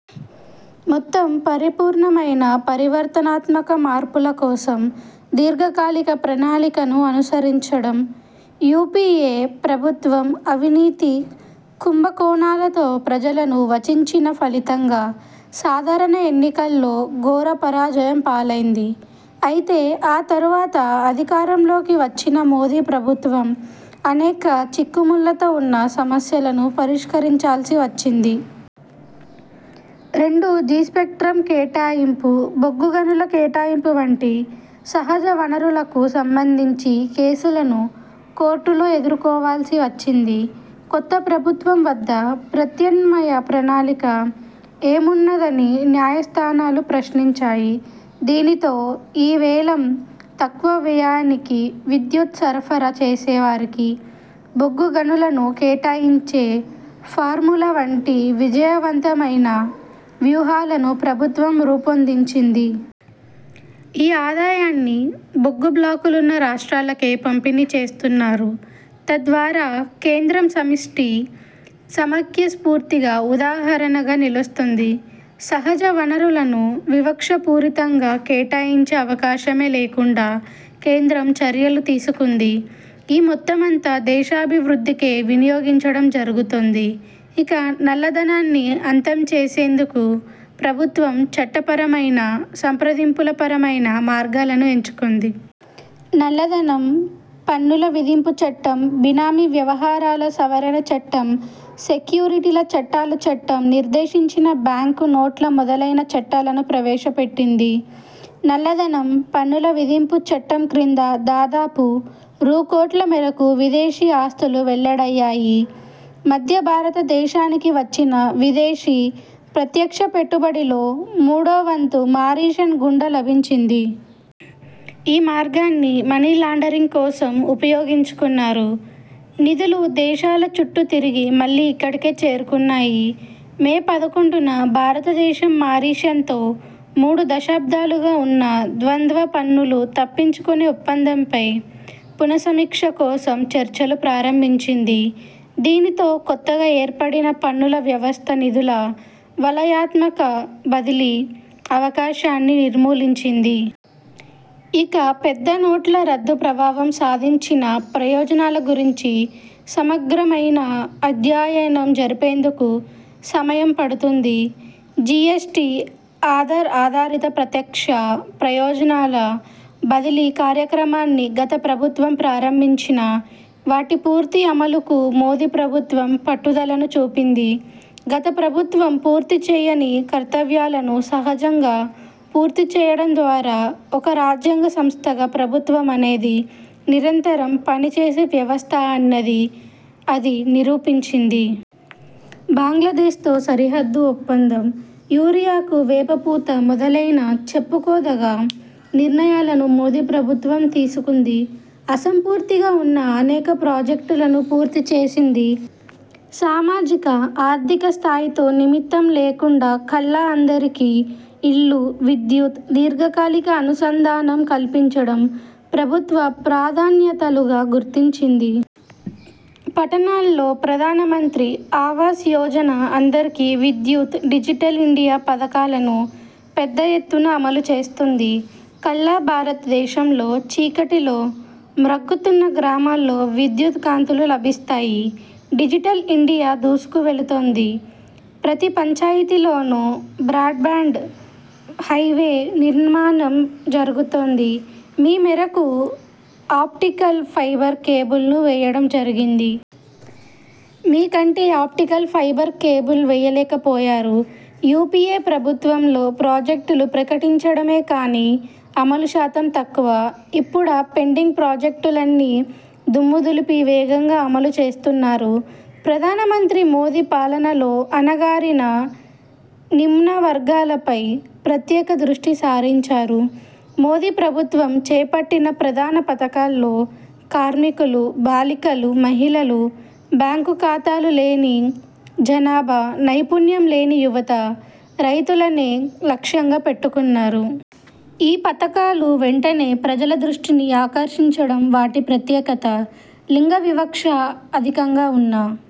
మొత్తం పరిపూర్ణమైన పరివర్తనాత్మక మార్పుల కోసం దీర్ఘకాలిక ప్రణాళికను అనుసరించడం. యుపిఏ ప్రభుత్వం అవినీతి, కుంభకోణాలతో ప్రజలను వంచించిన ఫలితంగా సాధారణ ఎన్నికల్లో ఘోర పరాజయం పాలైంది. అయితే ఆ తర్వాత అధికారంలోకి వచ్చిన మోదీ ప్రభుత్వం అనేక చిక్కుముళ్లతో ఉన్న సమస్యలను పరిష్కరించాల్సి వచ్చింది. రెండు జి స్పెక్ట్రమ్ కేటాయింపు, బొగ్గుగనుల కేటాయింపు వంటి సహజ వనరులకు సంబంధించి కేసులను కోర్టుల్లో ఎదుర్కోవాల్సి వచ్చింది. కొత్త ప్రభుత్వం వద్ద ప్రత్యామ్నాయ ప్రణాళిక ఏమున్నదని న్యాయస్థానాలు ప్రశ్నించాయి. దీనితో ఈ-వేలం, తక్కువ వ్యయానికి విద్యుత్ సరఫరా చేసే వారికే బొగ్గు గనులను కేటాయించే ఫార్ములా వంటి విజయవంతమైన వ్యూహాలను ప్రభుత్వం రూపొందించింది. ఈ ఆదాయాన్ని బొగ్గు బ్లాకులున్న రాష్ట్రాలకే పంపిణీ చేస్తున్నారు. తద్వారా కేంద్రం సమిష్టి సమాఖ్య స్ఫూర్తికి ఉదాహరణగా నిలుస్తోంది. సహజ వనరులను వివక్షాపూరితంగా కేటాయించే అవకాశమే లేకుండా కేంద్రం చర్యలు తీసుకుంది. ఈ మొత్తమంతా దేశాభివృద్దికే వినియోగించడం జరుగుతోంది. ఇక నల్లధనాన్ని అంతం చేసేందుకు ప్రభుత్వం చట్టపరమైన, సంప్రదింపుల పరమైన మార్గాలను ఎంచుకుంది. నల్లధనం, పన్నుల విధింపు చట్టం, బినామీ వ్యవహారాల సవరణ చట్టం, సెక్యూరిటీల చట్టాలు చట్టం, నిర్దేశించిన బ్యాంకు నోట్ల మొదలైన చట్టాలను ప్రవేశపెట్టింది. నల్లధనం, పన్నుల విధింపు చట్టం క్రింద దాదాపు రూ. కోట్ల మేరకు విదేశీ ఆస్తులు వెల్లడయ్యాయి. మధ్య భారత దేశానికి వచ్చిన విదేశీ ప్రత్యక్ష పెట్టుబడిలో మూడో వంతు మారిషస్ గుండా లభించింది. ఈ మార్గాన్ని మనీ లాండరింగ్ కోసం ఉపయోగించుకున్నారు. నిధులు దేశాల చుట్టూ తిరిగి మళ్లీ ఇక్కడికే చేరుకున్నాయి. మే పదకొండున భారత దేశం మారిషస్ తో మూడు దశాబ్దాలుగా ఉన్న ద్వంద్వ పన్నులు తప్పించుకునే ఒప్పందంపై పునస్సమీక్ష కోసం చర్చలు ప్రారంభించింది. దీనితో కొత్తగా ఏర్పడిన పన్నుల వ్యవస్థ నిధుల వలయాత్మక బదిలీ అవకాశాన్ని నిర్మూలించింది. ఇక పెద్ద నోట్ల రద్దు ప్రభావం సాధించిన ప్రయోజనాల గురించి సమగ్ర మైన అధ్యయనం జరిపేందుకు సమయం పడుతుంది. జీఎస్టీ, ఆధార్ ఆధారిత ప్రత్యక్ష ప్రయోజనాల బదిలీ కార్యక్రమాన్ని గత ప్రభుత్వం ప్రారంభించినా, వాటి పూర్తి అమలుకు మోదీ ప్రభుత్వం పట్టుదలను చూపింది. గత ప్రభుత్వం పూర్తి చేయని కర్తవ్యాలను సహజంగా పూర్తిచేయడం ద్వారా ఒక రాజ్యాంగ సంస్థగా ప్రభుత్వం అనేది నిరంతరం పనిచేసే వ్యవస్థ అన్నది అది నిరూపించింది. బంగ్లాదేశ్ తో సరిహద్దు ఒప్పందం, యూరియాకు వేపపూత మొదలైన చెప్పుకోదగ్గ నిర్ణయాలను మోదీ ప్రభుత్వం తీసుకుంది. అసంపూర్తిగా ఉన్న అనేక ప్రాజెక్టులను పూర్తి చేసింది. సామాజిక, ఆర్థిక స్థాయితో నిమిత్తం లేకుండా కల్లా అందరికీ ఇళ్లు, విద్యుత్, దీర్ఘకాలిక అనుసంధానం కల్పించడం ప్రభుత్వ ప్రాధాన్యతలుగా గుర్తించింది. పట్టణాల్లో ప్రధానమంత్రి ఆవాస్ యోజన, అందరికీ విద్యుత్, డిజిటల్ ఇండియా పథకాలను పెద్ద ఎత్తున అమలు చేస్తోంది. కల్లా భారత దేశంలో చీకటిలో మ్రగ్గుతున్న గ్రామాల్లో విద్యుత్ కాంతులు లభిస్తాయి. డిజిటల్ ఇండియా దూసుకువెళుతోంది. ప్రతి పంచాయతీలోనూ బ్రాడ్ బ్యాండ్ హైవే నిర్మాణం జరుగుతోంది. మీ మేరకు ఆప్టికల్ ఫైబర్ కేబుల్ ను వేయడం జరిగింది. మీ కంటే ఆప్టికల్ ఫైబర్ కేబుల్ వేయలేకపోయారు. యుపిఏ ప్రభుత్వంలో ప్రాజెక్టులు ప్రకటించడమే కాని అమలు శాతం తక్కువ. ఇప్పుడా పెండింగ్ ప్రాజెక్టులన్నీ దుమ్ము దులిపి వేగంగా అమలు చేస్తున్నారు. ప్రధానమంత్రి మోదీ పాలనలో అణగారిన, నిమ్న వర్గాలపై ప్రత్యేక దృష్టి సారించారు. మోదీ ప్రభుత్వం చేపట్టిన ప్రధాన పథకాల్లో కార్మికులు, బాలికలు, మహిళలు, బ్యాంకు ఖాతాలు లేని జనాభా, నైపుణ్యం లేని యువత, రైతులనే లక్ష్యంగా పెట్టుకున్నారు. ఈ పథకాలు వెంటనే ప్రజల దృష్టిని ఆకర్షించడం వాటి ప్రత్యేకత. లింగ వివక్ష అధికంగా ఉన్నం